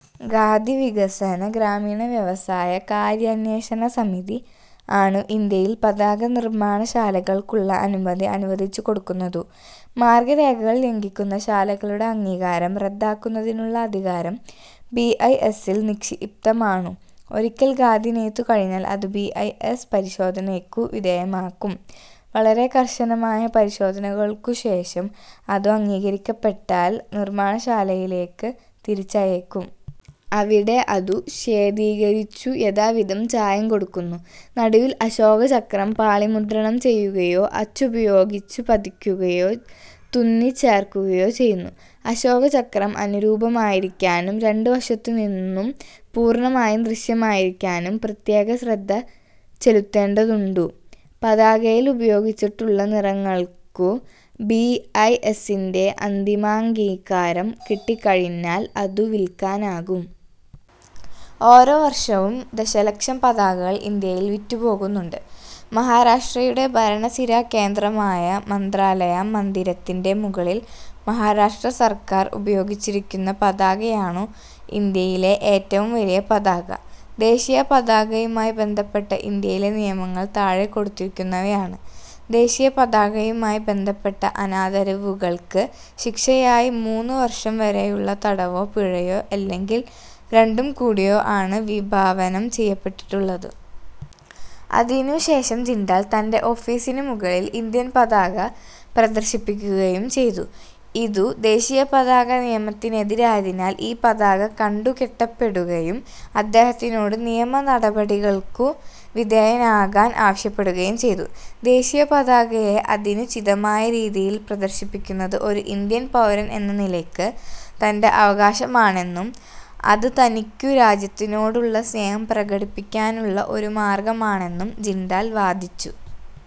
ഖാദി വികസന ഗ്രാമീണ വ്യവസായ കാര്യാന്വേഷണസമിതി, ആണു് ഇന്ത്യയിൽ പതാകനിർമ്മാണശാലകൾക്കുള്ള അനുമതി അനുവദിച്ചുകൊടുക്കുന്നതു്. മാർഗ്ഗരേഖകൾ ലംഘിക്കുന്ന ശാലകളുടെ അംഗീകാരം റദ്ദാക്കുന്നതിനുള്ള അധികാരം ബി. ഐ. എസ്. -ൽ നിക്ഷിപ്തമാണു്. ഒരിക്കൽ ഖാദി നെയ്തു കഴിഞ്ഞാൽ അതു ബി. ഐ. എസ് പരിശോധനയ്ക്കു വിധേയമാക്കും. വളരെ കർശനമായ പരിശോധനകൾക്കു ശേഷം അതു് അംഗീകരിക്കപ്പെട്ടാൽ നിർമ്മാണശാലയിലേക്കു തിരിച്ചയയ്ക്കും. അവിടെ അതു ശ്വേതീകരിച്ചു്, യഥാവിധം ചായം കൊടുക്കുന്നു. നടുവിൽ അശോകചക്രം പാളിമുദ്രണം ചെയ്യുകയോ അച്ചുപയോഗിച്ചു പതിക്കുകയോ തുന്നിച്ചേർക്കുകയോ ചെയ്യുന്നു. അശോകചക്രം അനുരൂപമായിരിക്കാനും രണ്ടു വശത്തുനിന്നും പൂർണ്ണമായും ദൃശ്യമായിരിക്കാനും പ്രത്യേക ശ്രദ്ധ ചെലുത്തേണ്ടതുണ്ടു്. പതാകയിൽ ഉപയോഗിച്ചിട്ടുള്ള നിറങ്ങൾക്കു് ബി. ഐ. എസിന്റെ അന്തിമാംഗീകാരം കിട്ടിക്കഴിഞ്ഞാൽ അതു വിൽക്കാനാകും. ഓരോ വർഷവും ദശലക്ഷം പതാകകൾ ഇന്ത്യയിൽ വിറ്റുപോകുന്നുണ്ട്. മഹാരാഷ്ട്രയുടെ ഭരണസിരാകേന്ദ്രമായ 'മന്ത്രാലയ' മന്ദിരത്തിന്റെ മുകളിൽ മഹാരാഷ്ട്ര സർക്കാർ ഉപയോഗിച്ചിരിക്കുന്ന പതാകയാണു് ഇന്ത്യയിലെ ഏറ്റവും വലിയ പതാക. ദേശീയ പതാകയുമായി ബന്ധപ്പെട്ട ഇന്ത്യയിലെ നിയമങ്ങൾ താഴെ കൊടുത്തിരിക്കുന്നവയാണ്. ദേശീയപതാകയുമായി ബന്ധപ്പെട്ട അനാദരവുകൾക്ക് ശിക്ഷയായി മൂന്നു വർഷം വരെയുള്ള തടവോ പിഴയോ അല്ലെങ്കിൽ രണ്ടും കൂടിയോ ആണ് വിഭാവനം ചെയ്യപ്പെട്ടിട്ടുള്ളത്. അതിനു ശേഷം ജിണ്ടാൽ തന്റെ ഓഫീസിനു മുകളിൽ ഇന്ത്യൻ പതാക പ്രദർശിപ്പിക്കുകയും ചെയ്തു. ഇതു ദേശീയപതാക നിയമത്തിന് എതിരായതിനാൽ ഈ പതാക കണ്ടുകെട്ടപ്പെടുകയും അദ്ദേഹത്തിനോട് നിയമനടപടികൾക്കു വിധേയനാകാൻ ആവശ്യപ്പെടുകയും ചെയ്തു. ദേശീയപതാകയെ അതിനുചിതമായ രീതിയിൽ പ്രദർശിപ്പിക്കുന്നത് ഒരു ഇന്ത്യൻ പൗരൻ എന്ന നിലയ്ക്ക് തന്റെ അവകാശമാണെന്നും അത് തനിക്കു രാജ്യത്തിനോടുള്ള സ്നേഹം പ്രകടിപ്പിക്കാനുള്ള ഒരു മാർഗ്ഗമാണെന്നും ജിണ്ടാൽ വാദിച്ചു.